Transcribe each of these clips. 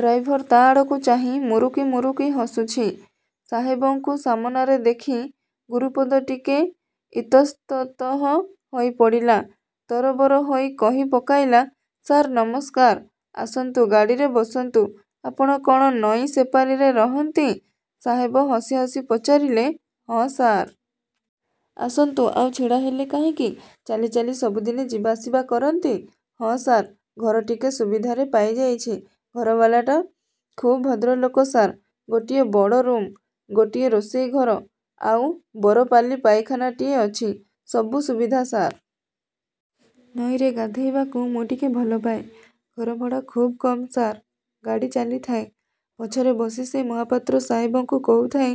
Driver ତା' ଆଡ଼କୁ ଚାହିଁ ମୁରୁକି ମୁରୁକି ହସୁଛି। ସାହେବଙ୍କୁ ସାମନାରେ ଦେଖି ଗୁରୁପଦ ଟିକେ ଇତସ୍ତତଃ ହୋଇପଡ଼ିଲା। ତରବର ହୋଇ କହି ପକାଇଲା ''ସାର୍ ନମସ୍କାର''। ଆସନ୍ତୁ ଗାଡ଼ିରେ ବସନ୍ତୁ ଆପଣ କ'ଣ ନଈ ସେପାରିରେ ରହନ୍ତି? ସାହେବ ହସି ହସି ପଚାରିଲେ। ହଁ ସାର୍। ଆସନ୍ତୁ ଆଉ ଛିଡ଼ା ହେଲେ କାହିଁକି। ଚାଲି ଚାଲି ସବୁଦିନେ ଯିବା ଆସିବା କରନ୍ତି? ହଁ ସାର୍, ଘର ଟିକେ ସୁବିଧାରେ ପାଇ ଯାଇଛି। ଘରବାଲାଟା ଖୁବ୍ ଭଦ୍ରଲୋକ ସାର୍! ଗୋଟିଏ ବଡ଼ ରୁମ୍, ଗୋଟିଏ ରୋଷେଇ ଘର, ଆଉ ବରପାଲି ପାଇଖାନାଟିଏ ଅଛି। ସବୁ ସୁବିଧା ସାର୍! ନଈରେ ଗାଧୋଇବାକୁ ମୁଁ ଟିକେ ଭଲପାଏ। ଘରଭଡ଼ା ଖୁବ୍ କମ୍ ସାର୍! ଗାଡ଼ି ଚାଲିଥାଏ। ପଛରେ ବସି ସେ ମହାପାତ୍ର ସାହାବଙ୍କୁ କହୁଥାଏ।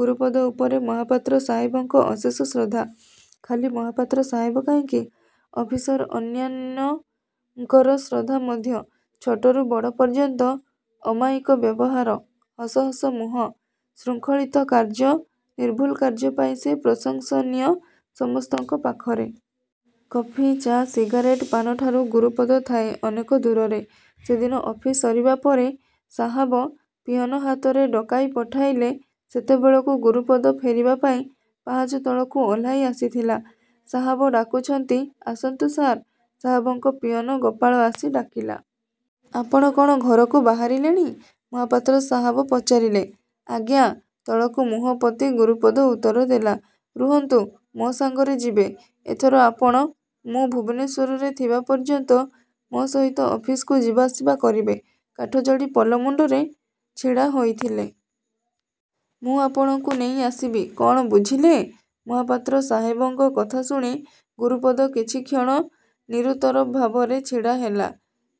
ଗୁରୁପଦ ଉପରେ ମହାପାତ୍ର ସାହାବଙ୍କ ଅଶେଷ ଶ୍ରଦ୍ଧା। ଖାଲି ମହାପାତ୍ର ସାହାବ କାହିଁକି ଅଫିସର ଅନ୍ୟାନଙ୍କର ଶ୍ରଦ୍ଧା ମଧ୍ୟ। ଛୋଟରୁ ବଡ଼ ପର୍ଯ୍ୟନ୍ତ, ଅମାୟିକ ବ୍ୟବହାର, ହସ ହସ ମୁହଁ, ଶୃଙ୍ଖଳିତ କାର୍ଯ୍ୟ, ନିର୍ଭୁଲ କାର୍ଯ୍ୟ ପାଇଁ ସେ ପ୍ରଶଂସନୀୟ ସମସ୍ତଙ୍କ ପାଖରେ। କଫି, ଚା, ସିଗାରେଟ୍, ପାନଠାରୁ ଗୁରୁପଦ ଥାଏ ଅନେକ ଦୂରରେ। ସେଦିନ ଅଫିସ ସରିବା ପରେ ସାହାବ ପିଅନ ହାତରେ ଡକାଇ ପଠେଇଲେ। ସେତେବେଳକୁ ଗୁରୁପଦ ଫେରିବା ପାଇଁ ପାହାଚ ତଳକୁ ଓହ୍ଲାଇ ଆସିଥିଲା। ସାହାବ ଡାକୁଛନ୍ତି ଆସନ୍ତୁ ସାର୍! ସାହାବଙ୍କ ପିଅନ ଗୋପାଳ ଆସି ଡାକିଲା। ଆପଣ କ'ଣ ଘରକୁ ବାହାରିଲେଣି? ମହାପାତ୍ର ସାହାବ ପଚାରିଲେ। ଆଜ୍ଞା। ତଳକୁ ମୁହଁ ପୋତି ଗୁରୁପଦ ଉତ୍ତର ଦେଲା। ରୁହନ୍ତୁ ମୋ ସାଙ୍ଗରେ ଯିବେ। ଏଥର ଆପଣ ମୁଁ ଭୁବନେଶ୍ୱରରେ ଥିବା ପର୍ଯ୍ୟନ୍ତ ମୋ ସହିତ ଅଫିସକୁ ଯିବା ଆସିବା କରିବେ। କାଠଯୋଡ଼ି ପୋଲ ମୁଣ୍ଡରେ ଛିଡ଼ା ହୋଇଥିଲେ। ମୁଁ ଆପଣଙ୍କୁ ନେଇ ଆସିବି କ'ଣ ବୁଝିଲେ? ମହାପାତ୍ର ସାହାବଙ୍କ କଥା ଶୁଣି ଗୁରୁପଦ କିଛିକ୍ଷଣ ନିରୁତ୍ତର ଭାବରେ ଛିଡ଼ା ହେଲା।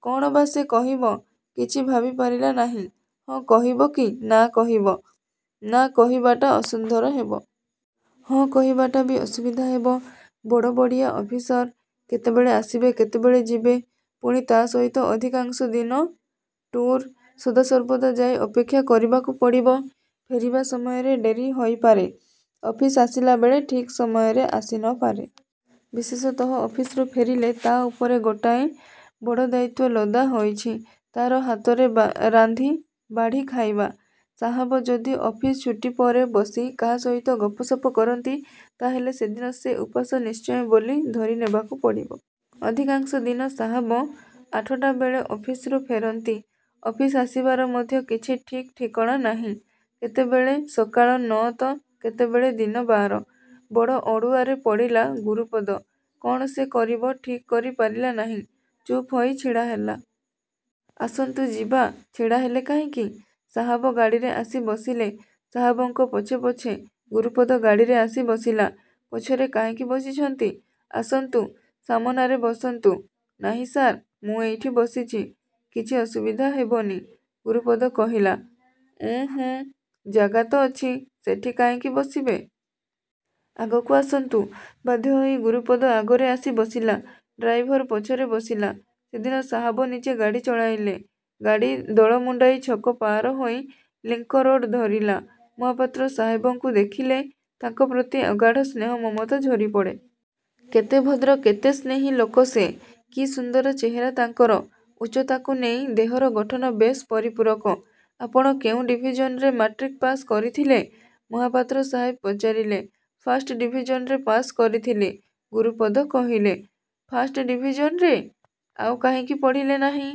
କ'ଣ ବା ସେ କହିବ; କିଛି ଭାବି ପାରିଲା ନାହିଁ। ହଁ କହିବ କି ନାଁ କହିବ। ନାଁ କହିବାଟା ଅସୁନ୍ଦର ହେବ। ହଁ କହିବାଟା ବି ଅସୁବିଧା ହେବ। ବଡ଼ ବଡ଼ିଆ ଅଫିସର। କେତେବେଳେ ଆସିବେ କେତେବେଳେ ଯିବେ। ପୁଣି ତା' ସହିତ ଅଧିକାଂଶ ଦିନ ଟୁର୍। ସଦାସର୍ବଦା ଯାଇ ଅପେକ୍ଷା କରିବାକୁ ପଡ଼ିବ। ଫେରିବା ସମୟରେ। ଡେରି ହୋଇପାରେ। ଅଫିସ ଆସିଲାବେଳେ ଠିକ୍ ସମୟରେ ଆସି ନ ପାରେ। ବିଶେଷତଃ ଅଫିସରୁ ଫେରିଲେ ତା' ଉପରେ ଗୋଟାଏ ବଡ଼ ଦାୟିତ୍ୱ ଲଦା ହୋଇଛି ତା'ର ହାତରେ ରାନ୍ଧି ବାଢ଼ି ଖାଇବା। ସାହାବ ଯଦି ଅଫିସ ଛୁଟି ପରେ ବସି କାହା ସହିତ ଗପସପ କରନ୍ତି ତାହାହେଲେ ସେଦିନ ସେ ଉପାସ ନିଶ୍ଚୟ ବୋଲି ଧରି ନେବାକୁ ପଡ଼ିବ। ଅଧିକାଂଶ ଦିନ ସାହାବ ଆଠଟାବେଳେ ଅଫିସରୁ ଫେରନ୍ତି। ଅଫିସ ଆସିବାର ମଧ୍ୟ କିଛି ଠିକ୍ ଠିକଣା ନାହିଁ। କେତେବେଳେ ସକାଳ ନଅ ତ କେତେବେଳେ ଦିନ ବାର। ବଡ଼ ଅଡ଼ୁଆରେ ପଡ଼ିଲା ଗୁରୁପଦ କ'ଣ ସେ କରିବ ଠିକ୍ କରି ପାରିଲା ନାହିଁ। ଚୁପ୍ ହୋଇ ଛିଡ଼ା ହେଲା। ଆସନ୍ତୁ ଯିବା, ଛିଡ଼ା ହେଲେ କାହିଁକି? ସାହାବ ଗାଡ଼ିରେ ଆସି ବସିଲେ। ସାହାବଙ୍କ ପଛେ ପଛେ ଗୁରୁପଦ ଗାଡ଼ିରେ ଆସି ବସିଲା। ପଛରେ କାହିଁକି ବସିଛନ୍ତି? ଆସନ୍ତୁ ସାମନାରେ ବସନ୍ତୁ। ନାହିଁ ସାର୍। ମୁଁ ଏଇଠି ବସୁଛି କିଛି ଅସୁବିଧା ହେବନି, ଗୁରୁପଦ କହିଲା। ଉଁ ହୁଁ ଜାଗା ତ ଅଛି ସେଠି କାହିଁକି ବସିବେ। ଆଗକୁ ଆସନ୍ତୁ। ବାଧ୍ୟ ହୋଇ ଗୁରୁପଦ ଆଗରେ ଆସି ବସିଲା, ଡ୍ରାଇଭର ପଛରେ ବସିଲା। ସେଦିନ ସାହାବ ନିଜେ ଗାଡ଼ି ଚଳାଇଲେ। ଗାଡ଼ି ଦୋଳମୁଣ୍ଡାଇ ଛକ ପାର ହୋଇ ଲିଙ୍କ ରୋଡ଼ ଧରିଲା। ମହାପାତ୍ର ସାହାବଙ୍କୁ ଦେଖିଲେ ତାଙ୍କ ପ୍ରତି ଅଗାଢ଼ ସ୍ନେହ ମମତା ଝରିପଡ଼େ। କେତେ ଭଦ୍ର କେତେ ସ୍ନେହୀ ଲୋକ ସେ। କି ସୁନ୍ଦର ଚେହେରା ତାଙ୍କର। ଉଚ୍ଚତାକୁ ନେଇ ଦେହର ଗଠନ ବେଶ୍ ପରିପୂରକ। ଆପଣ କେଉଁ ଡିଭିଜନରେ ମାଟ୍ରିକ୍ ପାଶ୍ କରିଥିଲେ? ମହାପାତ୍ର ସାହାବ ପଚାରିଲେ। ଫାଷ୍ଟ ଡିଭିଜନରେ ପାଶ୍ କରିଥିଲି, ଗୁରୁପଦ କହିଲା। ଫାଷ୍ଟ ଡିଭିଜନରେ? ଆଉ କାହିଁକି ପଢ଼ିଲେ ନାହିଁ?